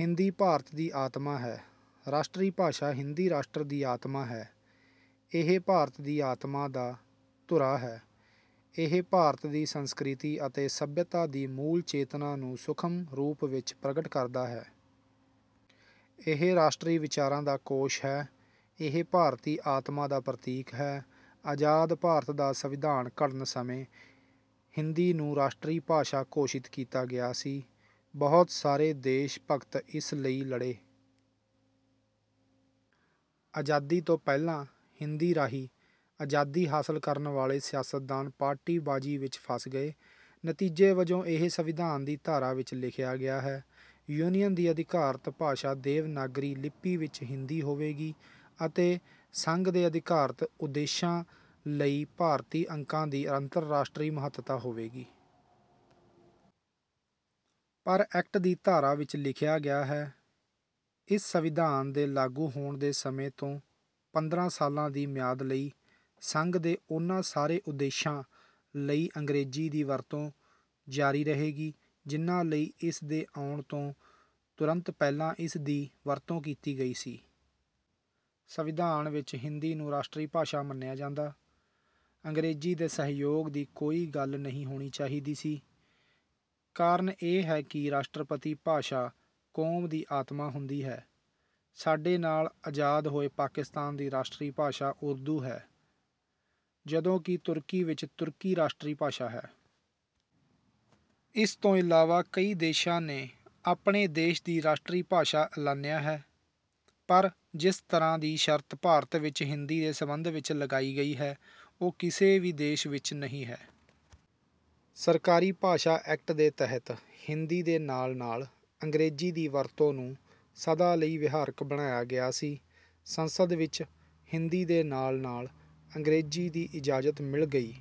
ਹਿੰਦੀ ਭਾਰਤ ਦੀ ਆਤਮਾ ਹੈ ਰਾਸ਼ਟਰੀ ਭਾਸ਼ਾ ਹਿੰਦੀ ਰਾਸ਼ਟਰ ਦੀ ਆਤਮਾ ਹੈ। ਇਹ ਭਾਰਤ ਦੀ ਆਤਮਾ ਦਾ ਧੁਰਾ ਹੈ। ਇਹ ਭਾਰਤ ਦੀ ਸੰਸਕ੍ਰਿਤੀ ਅਤੇ ਸੱਭਿਅਤਾ ਦੀ ਮੂਲ ਚੇਤਨਾ ਨੂੰ ਸੂਖਮ ਰੂਪ ਵਿੱਚ ਪ੍ਰਗਟ ਕਰਦਾ ਹੈ। ਇਹ ਰਾਸ਼ਟਰੀ ਵਿਚਾਰਾਂ ਦਾ ਕੋਸ਼ ਹੈ। ਇਹ ਭਾਰਤੀ ਆਤਮਾ ਦਾ ਪ੍ਰਤੀਕ ਹੈ। ਆਜ਼ਾਦ ਭਾਰਤ ਦਾ ਸੰਵਿਧਾਨ ਘੜਨ ਸਮੇਂ ਹਿੰਦੀ ਨੂੰ ਰਾਸ਼ਟਰੀ ਭਾਸ਼ਾ ਘੋਸ਼ਿਤ ਕੀਤਾ ਗਿਆ ਸੀ। ਬਹੁਤ ਸਾਰੇ ਦੇਸ਼ ਭਗਤ ਇਸ ਲਈ ਲੜੇ। ਆਜ਼ਾਦੀ ਤੋਂ ਪਹਿਲਾਂ ਹਿੰਦੀ ਰਾਹੀਂ ਆਜ਼ਾਦੀ ਹਾਸਲ ਕਰਨ ਵਾਲੇ ਸਿਆਸਤਦਾਨ ਪਾਰਟੀਬਾਜ਼ੀ ਵਿੱਚ ਫਸ ਗਏ। ਨਤੀਜੇ ਵਜੋਂ, ਇਹ ਸੰਵਿਧਾਨ ਦੀ ਧਾਰਾ ਵਿੱਚ ਲਿਖਿਆ ਗਿਆ ਹੈ। ਯੂਨੀਅਨ ਦੀ ਅਧਿਕਾਰਤ ਭਾਸ਼ਾ ਦੇਵਨਾਗਰੀ ਲਿਪੀ ਵਿੱਚ ਹਿੰਦੀ ਹੋਵੇਗੀ ਅਤੇ ਸੰਘ ਦੇ ਅਧਿਕਾਰਤ ਉਦੇਸ਼ਾਂ ਲਈ ਭਾਰਤੀ ਅੰਕਾਂ ਦੀ ਅੰਤਰਰਾਸ਼ਟਰੀ ਮਹੱਤਤਾ ਹੋਵੇਗੀ। ਪਰ ਐਕਟ ਦੀ ਧਾਰਾ ਵਿਚ ਲਿਖਿਆ ਹੈ, 'ਇਸ ਸੰਵਿਧਾਨ ਦੇ ਲਾਗੂ ਹੋਣ ਦੇ ਸਮੇਂ ਤੋਂ ਪੰਦਰਾਂ ਸਾਲਾਂ ਦੀ ਮਿਆਦ ਲਈ, ਸੰਘ ਦੇ ਉਨ੍ਹਾਂ ਸਾਰੇ ਉਦੇਸ਼ਾਂ ਲਈ ਅੰਗਰੇਜ਼ੀ ਦੀ ਵਰਤੋਂ ਜਾਰੀ ਰਹੇਗੀ ਜਿਨ੍ਹਾਂ ਲਈ ਇਸ ਦੇ ਆਉਣ ਤੋਂ ਤੁਰੰਤ ਪਹਿਲਾਂ ਇਸਦੀ ਵਰਤੋਂ ਕੀਤੀ ਗਈ ਸੀ। ਸੰਵਿਧਾਨ ਵਿੱਚ ਹਿੰਦੀ ਨੂੰ ਰਾਸ਼ਟਰੀ ਭਾਸ਼ਾ ਮੰਨਿਆ ਜਾਂਦਾ। ਅੰਗਰੇਜ਼ੀ ਦੇ ਸਹਿਯੋਗ ਦੀ ਕੋਈ ਗੱਲ ਨਹੀਂ ਹੋਣੀ ਚਾਹੀਦੀ ਸੀ। ਕਾਰਨ ਇਹ ਹੈ ਕਿ ਰਾਸ਼ਟਰੀ ਭਾਸ਼ਾ ਕੌਮ ਦੀ ਆਤਮਾ ਹੁੰਦੀ ਹੈ। ਸਾਡੇ ਨਾਲ ਆਜ਼ਾਦ ਹੋਏ ਪਾਕਿਸਤਾਨ ਦੀ ਰਾਸ਼ਟਰੀ ਭਾਸ਼ਾ ਉਰਦੂ ਹੈ, ਜਦੋਂ ਕਿ ਤੁਰਕੀ ਵਿੱਚ ਤੁਰਕੀ ਰਾਸ਼ਟਰੀ ਭਾਸ਼ਾ ਹੈ। ਇਸ ਤੋਂ ਇਲਾਵਾ ਕਈ ਦੇਸ਼ਾਂ ਨੇ ਆਪਣੇ ਦੇਸ਼ ਦੀ ਰਾਸ਼ਟਰੀ ਭਾਸ਼ਾ ਐਲਾਨਿਆ ਹੈ ਪਰ ਜਿਸ ਤਰ੍ਹਾਂ ਦੀ ਸ਼ਰਤ ਭਾਰਤ ਵਿਚ ਹਿੰਦੀ ਦੇ ਸਬੰਧ ਵਿਚ ਲਗਾਈ ਗਈ ਹੈ, ਉਹ ਕਿਸੇ ਵੀ ਦੇਸ਼ ਵਿਚ ਨਹੀਂ ਹੈ। ਸਰਕਾਰੀ ਭਾਸ਼ਾ ਐਕਟ ਦੇ ਤਹਿਤ ਹਿੰਦੀ ਦੇ ਨਾਲ-ਨਾਲ ਅੰਗਰੇਜ਼ੀ ਦੀ ਵਰਤੋਂ ਨੂੰ ਸਦਾ ਲਈ ਵਿਹਾਰਕ ਬਣਾਇਆ ਗਿਆ ਸੀ। ਸੰਸਦ ਵਿਚ ਹਿੰਦੀ ਦੇ ਨਾਲ-ਨਾਲ ਅੰਗਰੇਜ਼ੀ ਦੀ ਇਜਾਜ਼ਤ ਮਿਲ ਗਈ।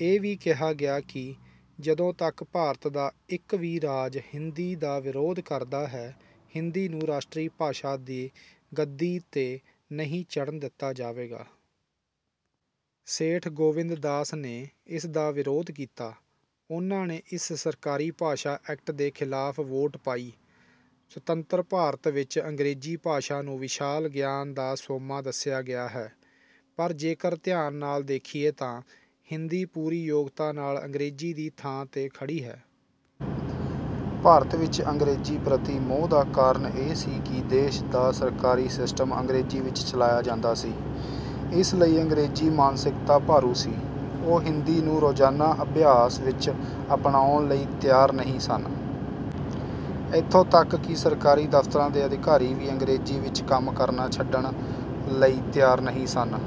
ਇਹ ਵੀ ਕਿਹਾ ਗਿਆ ਕਿ ਜਦੋਂ ਤੱਕ ਭਾਰਤ ਦਾ ਇੱਕ ਵੀ ਰਾਜ ਹਿੰਦੀ ਦਾ ਵਿਰੋਧ ਕਰਦਾ ਹੈ, ਹਿੰਦੀ ਨੂੰ ਰਾਸ਼ਟਰੀ ਭਾਸ਼ਾ ਦੇ ਗੱਦੀ 'ਤੇ ਨਹੀਂ ਚੜ੍ਹਨ ਦਿੱਤਾ ਜਾਵੇਗਾ। ਸੇਠ ਗੋਵਿੰਦਦਾਸ ਨੇ ਇਸ ਦਾ ਵਿਰੋਧ ਕੀਤਾ। ਉਹਨਾਂ ਨੇ ਇਸ ਸਰਕਾਰੀ ਭਾਸ਼ਾ ਐਕਟ ਦੇ ਖਿਲਾਫ ਵੋਟ ਪਾਈ। ਸੁਤੰਤਰ ਭਾਰਤ ਵਿੱਚ ਅੰਗਰੇਜ਼ੀ ਭਾਸ਼ਾ ਨੂੰ ਵਿਸ਼ਾਲ ਗਿਆਨ ਦਾ ਸੋਮਾ ਦੱਸਿਆ ਗਿਆ ਹੈ, ਪਰ ਜੇਕਰ ਧਿਆਨ ਨਾਲ ਦੇਖੀਏ ਤਾਂ ਹਿੰਦੀ ਪੂਰੀ ਯੋਗਤਾ ਨਾਲ ਅੰਗਰੇਜ਼ੀ ਦੀ ਥਾਂ 'ਤੇ ਖੜ੍ਹੀ ਹੈ। ਭਾਰਤ ਵਿੱਚ ਅੰਗਰੇਜ਼ੀ ਪ੍ਰਤੀ ਮੋਹ ਦਾ ਕਾਰਨ ਇਹ ਸੀ ਕਿ ਦੇਸ਼ ਦਾ ਸਰਕਾਰੀ ਸਿਸਟਮ ਅੰਗਰੇਜ਼ੀ ਵਿੱਚ ਚਲਾਇਆ ਜਾਂਦਾ ਸੀ। ਇਸ ਲਈ ਅੰਗਰੇਜ਼ੀ ਮਾਨਸਿਕਤਾ ਭਾਰੂ ਸੀ। ਉਹ ਹਿੰਦੀ ਨੂੰ ਰੋਜ਼ਾਨਾ ਅਭਿਆਸ ਵਿੱਚ ਅਪਣਾਉਣ ਲਈ ਤਿਆਰ ਨਹੀਂ ਸਨ। ਇੱਥੋਂ ਤੱਕ ਕਿ ਸਰਕਾਰੀ ਦਫ਼ਤਰਾਂ ਦੇ ਅਧਿਕਾਰੀ ਵੀ ਅੰਗਰੇਜ਼ੀ ਵਿੱਚ ਕੰਮ ਕਰਨਾ ਛੱਡਣ ਲਈ ਤਿਆਰ ਨਹੀਂ ਸਨ।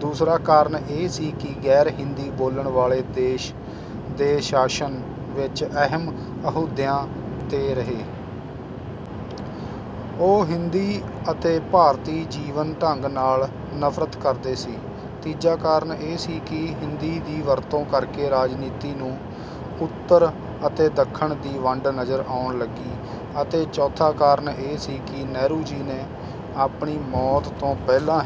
ਦੂਸਰਾ ਕਾਰਨ ਇਹ ਸੀ ਕਿ ਗੈਰ-ਹਿੰਦੀ ਬੋਲਣ ਵਾਲੇ ਦੇਸ਼ ਦੇ ਸ਼ਾਸਨ ਵਿਚ ਅਹਿਮ ਅਹੁਦਿਆਂ 'ਤੇ ਰਹੇ। ਉਹ ਹਿੰਦੀ ਅਤੇ ਭਾਰਤੀ ਜੀਵਨ ਢੰਗ ਨਾਲ ਨਫ਼ਰਤ ਕਰਦੇ ਸੀ। ਤੀਜਾ ਕਾਰਨ ਇਹ ਸੀ ਕਿ ਹਿੰਦੀ ਦੀ ਵਰਤੋਂ ਕਰਕੇ ਰਾਜਨੀਤੀ ਨੂੰ ਉੱਤਰ ਅਤੇ ਦੱਖਣ ਦੀ ਵੰਡ ਨਜ਼ਰ ਆਉਣ ਲੱਗੀ ਅਤੇ ਚੌਥਾ ਕਾਰਨ ਇਹ ਸੀ ਕਿ ਨਹਿਰੂ ਜੀ ਨੇ ਆਪਣੀ ਮੌਤ ਤੋਂ ਪਹਿਲਾਂ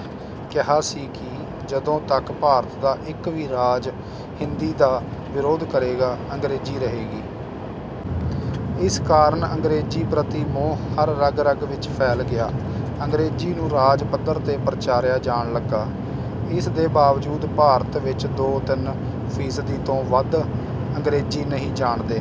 ਕਿਹਾ ਸੀ ਕਿ ਜਦੋਂ ਤੱਕ ਭਾਰਤ ਦਾ ਇੱਕ ਵੀ ਰਾਜ ਹਿੰਦੀ ਦਾ ਵਿਰੋਧ ਕਰੇਗਾ, ਅੰਗਰੇਜ਼ੀ ਰਹੇਗੀ। ਇਸ ਕਾਰਨ ਅੰਗਰੇਜ਼ੀ ਪ੍ਰਤੀ ਮੋਹ ਹਰ ਰਗ-ਰਗ ਵਿਚ ਫੈਲ ਗਿਆ। ਅੰਗਰੇਜ਼ੀ ਨੂੰ ਰਾਜ ਪੱਧਰ 'ਤੇ ਪ੍ਰਚਾਰਿਆ ਜਾਣ ਲੱਗਾ। ਇਸ ਦੇ ਬਾਵਜੂਦ ਭਾਰਤ ਵਿੱਚ ਦੋ-ਤਿੰਨ ਫ਼ੀਸਦੀ ਤੋਂ ਵੱਧ ਅੰਗਰੇਜ਼ੀ ਨਹੀਂ ਜਾਣਦੇ।